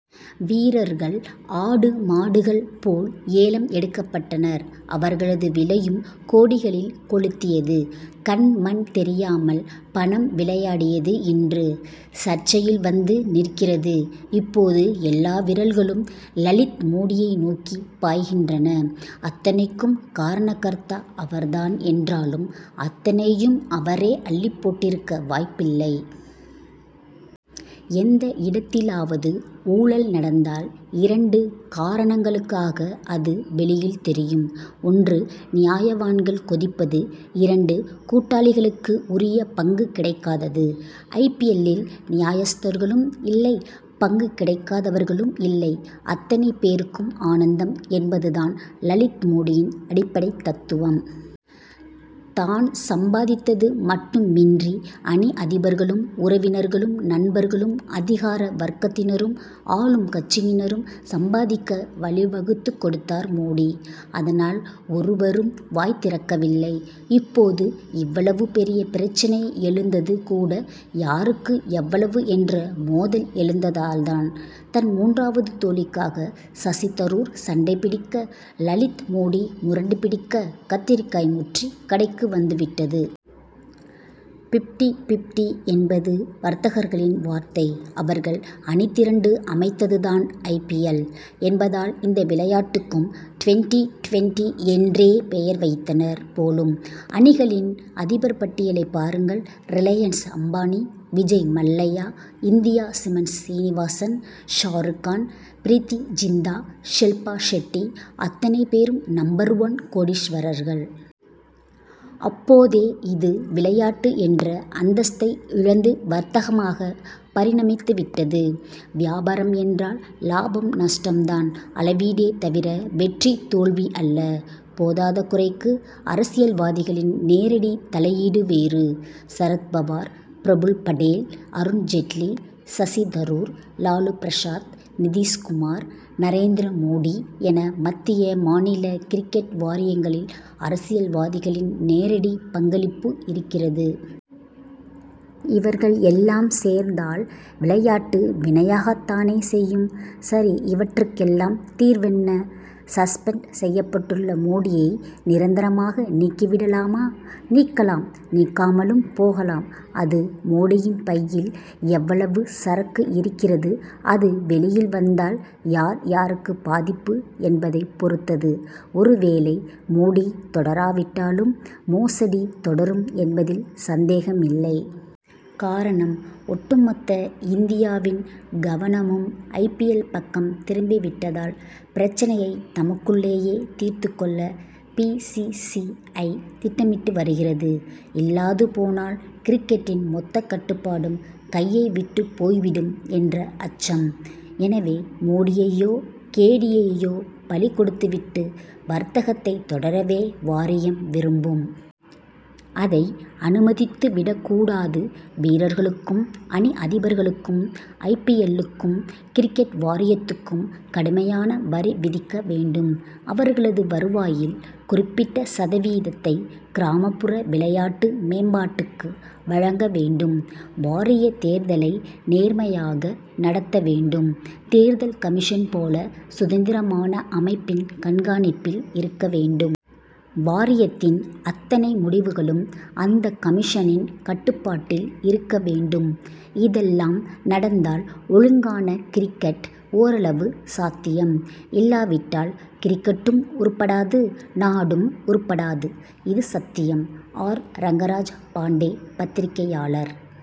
வீரர்கள், ஆடு, மாடுகள் போல் ஏலம் எடுக்கப்பட்டனர். அவர்களது விலையும் கோடிகளில் கொளுத்தியது. கண், மண் தெரியாமல் பணம் விளையாடியது இன்று, சர்ச்சையில் வந்து நிற்கிறது. இப்போது எல்லா விரல்களும், லலித் மோடியை நோக்கி பாய்கின்றன. அத்தனைக்கும் காரணகர்த்தா அவர் தான் என்றாலும், அத்தனையும் அவரே அள்ளிப் போட்டிருக்க வாய்ப்பில்லை. எந்த இடத்திலாவது ஊழல் நடந்தால், இரண்டு காரணங்களுக்காக அது வெளியில் தெரியும். ஒன்று, நியாயவான்கள் கொதிப்பது இரண்டு, கூட்டாளிகளுக்கு உரிய பங்கு கிடைக்காதது. ஐ. பி. எல்.,லில் நியாயஸ்தர்களும் இல்லை பங்கு கிடைக்காதவர்களும் இல்லை அத்தனை பேருக்கும் ஆனந்தம்' என்பது தான் லலித் மோடியின் அடிப்படை தத்துவம். தான் சம்பாதித்தது மட்டுமின்றி, அணி அதிபர்களும், உறவினர்களும், நண்பர்களும், அதிகார வர்க்கத்தினரும், ஆளும் கட்சியினரும் சம்பாதிக்க வழிவகுத்துக் கொடுத்தார் மோடி. அதனால் ஒருவரும் வாய் திறக்கவில்லை. இப்போது இவ்வளவு பெரிய பிரச்னை எழுந்தது கூட, யாருக்கு எவ்வளவு என்ற மோதல் எழுந்ததால் தான். தன் மூன்றாவது தோழிக்காக சசி தரூர் சண்டை பிடிக்க, லலித் மோடி முரண்டு பிடிக்க, கத்தரிக்காய் முற்றி கடைக்கு வந்துவிட்டது. பிப்டி பிப்டி' என்பது வர்த்தகர்களின் வார்த்தை. அவர்கள் அணி திரண்டு அமைத்தது தான் ஐ. பி. எல்., என்பதால், இந்த விளையாட்டுக்கும், டுவென்டி டுவென்டி' என்றே பெயர் வைத்தனர் போலும். அணிகளின் அதிபர் பட்டியலைப் பாருங்கள் Reliance Ambani, Vijay Mallya, India cements Srinivasan, Shah Rukh Khan, பிரீத்தி ஜிந்தா, ஷில்பா ஷெட்டி அத்தனை பேரும் நம்பர் ஒன் கோடீஸ்வரர்கள். அப்போதே இது, விளையாட்டு என்ற அந்தஸ்தை இழந்து, வர்த்தகமாக பரிணமித்துவிட்டது. வியாபாரம் என்றால், லாபம் நஷ்டம் தான் அளவீடே தவிர, வெற்றி தோல்வி அல்ல. போதாதகுறைக்கு, அரசியல்வாதிகளின் நேரடி தலையீடு வேறு. சரத் பவார், பிரபுல் படேல், அருண் ஜெட்லி, சசி தரூர், லாலு பிரசாத், நிதிஷ் குமார், நரேந்திர மோடி என, மத்திய, மாநில கிரிக்கெட் வாரியங்களில், அரசியல்வாதிகளின் நேரடி பங்களிப்பு இருக்கிறது. இவர்கள் எல்லாம் சேர்ந்தால், விளையாட்டு வினையாகத் தானே செய்யும்! சரி, இவற்றுக்கெல்லாம் தீர்வென்ன? சஸ்பெண்ட் செய்யப்பட்டுள்ள மோடியை நிரந்தரமாக நீக்கிவிடலாமா? நீக்கலாம் நீக்காமலும் போகலாம். அது, மோடியின் பையில் எவ்வளவு சரக்கு இருக்கிறது அது வெளியில் வந்தால் யார் யாருக்கு பாதிப்பு என்பதைப் பொறுத்தது. ஒருவேளை மோடி தொடராவிட்டாலும், மோசடி தொடரும் என்பதில் சந்தேகமில்லை. காரணம், ஒட்டுமொத்த இந்தியாவின் கவனமும் ஐ. பி. எல்., பக்கம் திரும்பிவிட்டதால், பிரச்னையை தமக்குள்ளேயே, தீர்த்துக்கொள்ள' பி. சி. சி. ஐ., திட்டமிட்டு வருகிறது. இல்லாது போனால், கிரிக்கெட்டின் மொத்த கட்டுப்பாடும், கையை விட்டுப் போய்விடும் என்ற அச்சம். எனவே, மோடியையோ, கேடியையையோ பலி கொடுத்துவிட்டு, வர்த்தகத்தைத் தொடரவே வாரியம் விரும்பும். அதை அனுமதித்துவிடக் கூடாது. வீரர்களுக்கும், அணி அதிபர்களுக்கும், ஐ. பி. எல்.,லுக்கும், கிரிக்கெட் வாரியத்துக்கும் கடுமையான வரி விதிக்க வேண்டும். அவர்களது வருவாயில் குறிப்பிட்ட சதவீதத்தை கிராமப்புற விளையாட்டு மேம்பாட்டுக்கு வழங்க வேண்டும். வாரியத் தேர்தலை நேர்மையாக நடத்த வேண்டும். தேர்தல் கமிஷன் போல, சுதந்திரமான அமைப்பின் கண்காணிப்பில் இருக்க வேண்டும். வாரியத்தின் அத்தனை முடிவுகளும், அந்தக் கமிஷனின் கட்டுப்பாட்டில் இருக்க வேண்டும். இதெல்லாம் நடந்தால், ஒழுங்கான கிரிக்கெட், ஓரளவு சாத்தியம். இல்லாவிட்டால் கிரிக்கெட்டும் உருப்படாது நாடும் உருப்படாது. இது சத்தியம்! ஆர். ரங்கராஜ் பாண்டே பத்திரிகையாளர்